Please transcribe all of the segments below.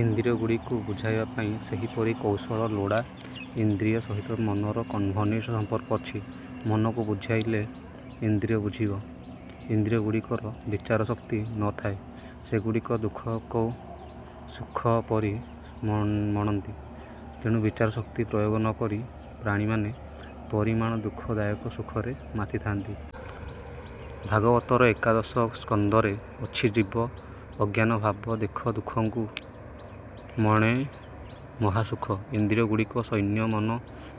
ଇନ୍ଦ୍ରିୟଗୁଡ଼ିକୁ ବୁଝାଇବା ପାଇଁ ସେହିପରି କୌଶଳ ଲୋଡ଼ା। ଇନ୍ଦ୍ରିୟ ସହିତ ମନର ଘନିଷ୍ଠ ସମ୍ପର୍କ ଅଛି। ମନକୁ ବୁଝିଇଲେ ଇନ୍ଦ୍ରିୟ ବୁଝିଯିବ। ଇନ୍ଦ୍ରିୟଗୁଡ଼ିକର ବିଚାରଶକ୍ତି ନ ଥାଏ। ସେଗୁଡ଼ିକ ଦୁଃଖକୁ ସୁଖପରି ମଣନ୍ତି। ତେଣୁ ବିଚାରଶକ୍ତି ପ୍ରୟୋଗ ନ କରି ପ୍ରାଣୀମାନେ ପରିଣାମ ଦୁଃଖ ଦାୟକ ସୁଖରେ ମାତିଥାନ୍ତି। ଭାଗବତର ଏକାଦଶସ୍କନ୍ଧରେ ଅଛି ଜୀବ ଅଜ୍ଞାନ ଭାବ ଦେଖ ଦୁଃଖକୁ ମଣେ ମହାସୁଖ। ଇନ୍ଦ୍ରିୟଗୁଡ଼ିକ ସୈନ୍ୟ ମନ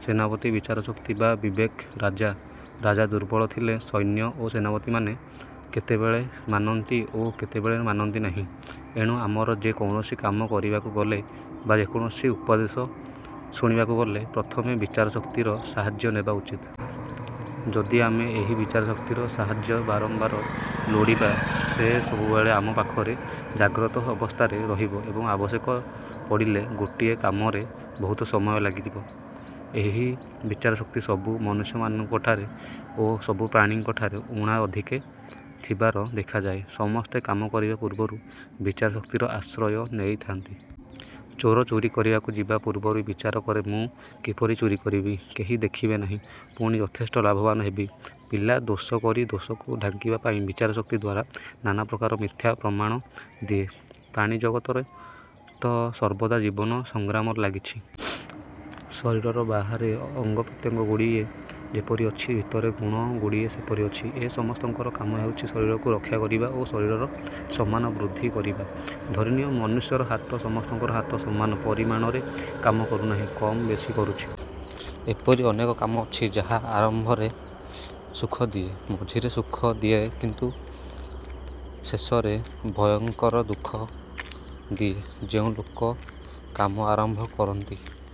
ସେନାପତି, ବିଚାରଶକ୍ତି ବା ବିବେକ ରାଜା। ରାଜା ଦୁର୍ବଳ ଥିଲେ ସୈନ୍ୟ ଓ ସେନାପତିମାନେ କେତବେଳେ ମାନନ୍ତି ଓ କେତେବଳେ ମାନନ୍ତି ନାହିଁ। ଏଣୁ ଆମର ଯେ କୌଣସି କାମ କରିବାକୁ ଗଲେ ବା ଯେ କୌଣସି ଉପଦେଶ ଶୁଣିବାକୁ ଗଲେ, ପ୍ରଥମେ ବିଚାରଶକ୍ତିର ସାହାଯ୍ୟ ନେବା ଉଚିତ। ଯଦି ଆମେ ଏହି ବିଚାରଶକ୍ତିର ସାହାଯ୍ୟ ବାରମ୍ବାର ଲୋଡ଼ିବା, ସେ ସବୁବେଳେ ଆମ ପାଖରେ ଜାଗ୍ରତ ଅବସ୍ଥାରେ ରହିବ ଏବଂ ଆବଶ୍ୟକ ପଡ଼ିଲେ ଗୋଟିଏ କାମରେ ବହୁତ ସମୟ ଲାଗିବ। ଏହି ବିଚାରଶକ୍ତି ସବୁ ମନୁଷ୍ୟଙ୍କଠାରେ ଓ ସବୁ ପ୍ରାଣୀଙ୍କଠାରେ ଊଣାଅଧିକେ ଥିବାର ଦେଖାଯାଏ। ସମସ୍ତେ କାମ କରିବା ପୂର୍ବରୁ ବିଚାରଶକ୍ତିର ଆଶ୍ରୟ ନେଇଥାନ୍ତି। ଚୋର ଚୋରି କରିବାକୁ ଯିବା ପୂର୍ବରୁ ବିଚାର କରେ, ମୁଁ କିପରି ଚୋରି କରିବି, କେହି ଦେଖିବେ ନାହିଁ, ପୁଣି ଯଥେଷ୍ଟ ଲାଭବାନ ହେବି। ପିଲା ଦୋଷ କରି ଦୋଷକୁ ଢାଙ୍କିବା ପାଇଁ ବିଚାରଶକ୍ତି ଦ୍ଵାରା ନାନାପ୍ରକାର ମିଥ୍ୟା ପ୍ରମାଣ ଦିଏ। ପ୍ରାଣିଜଗତରେ ତ ସର୍ବଦା ଜୀବନ ସଂଗ୍ରାମ ଲାଗିଛି। ଶରୀରର ବାହାରେ ଅଙ୍ଗପ୍ରତ୍ୟଙ୍ଗ ଗୁଡ଼ିଏ ଯେପରି ଅଛି ଭିତରେ ଗୁଣ ଗୁଡ଼ିଏ ସେପରି ଅଛି। ଏ ସମସ୍ତଙ୍କର କାମ ହେଉଛି ଶରୀରକୁ ରକ୍ଷା କରିବା ଓ ଶରୀରର ସମ୍ମାନ ବୃଦ୍ଧି କରିବା। ଧରିନିଅ, ମନୁଷ୍ୟର ହାତ। ସମସ୍ତଙ୍କର ହାତ ସମାନ ପରିମାଣରେ କାମ କରୁନାହିଁ, କମ୍ ବେଶୀ କରୁଛି। ଏପରି ଅନେକ କାମ ଅଛି, ଯାହା ଆରମ୍ଭରେ ସୁଖଦିଏ, ମଝିରେ ସୁଖ ଦିଏ କିନ୍ତୁ ଶେଷରେ ଭୟଙ୍କର ଦୁଃଖ ଦିଏ। ଯେଉଁ ଲୋକ କାମ ଆରମ୍ଭ କରନ୍ତି -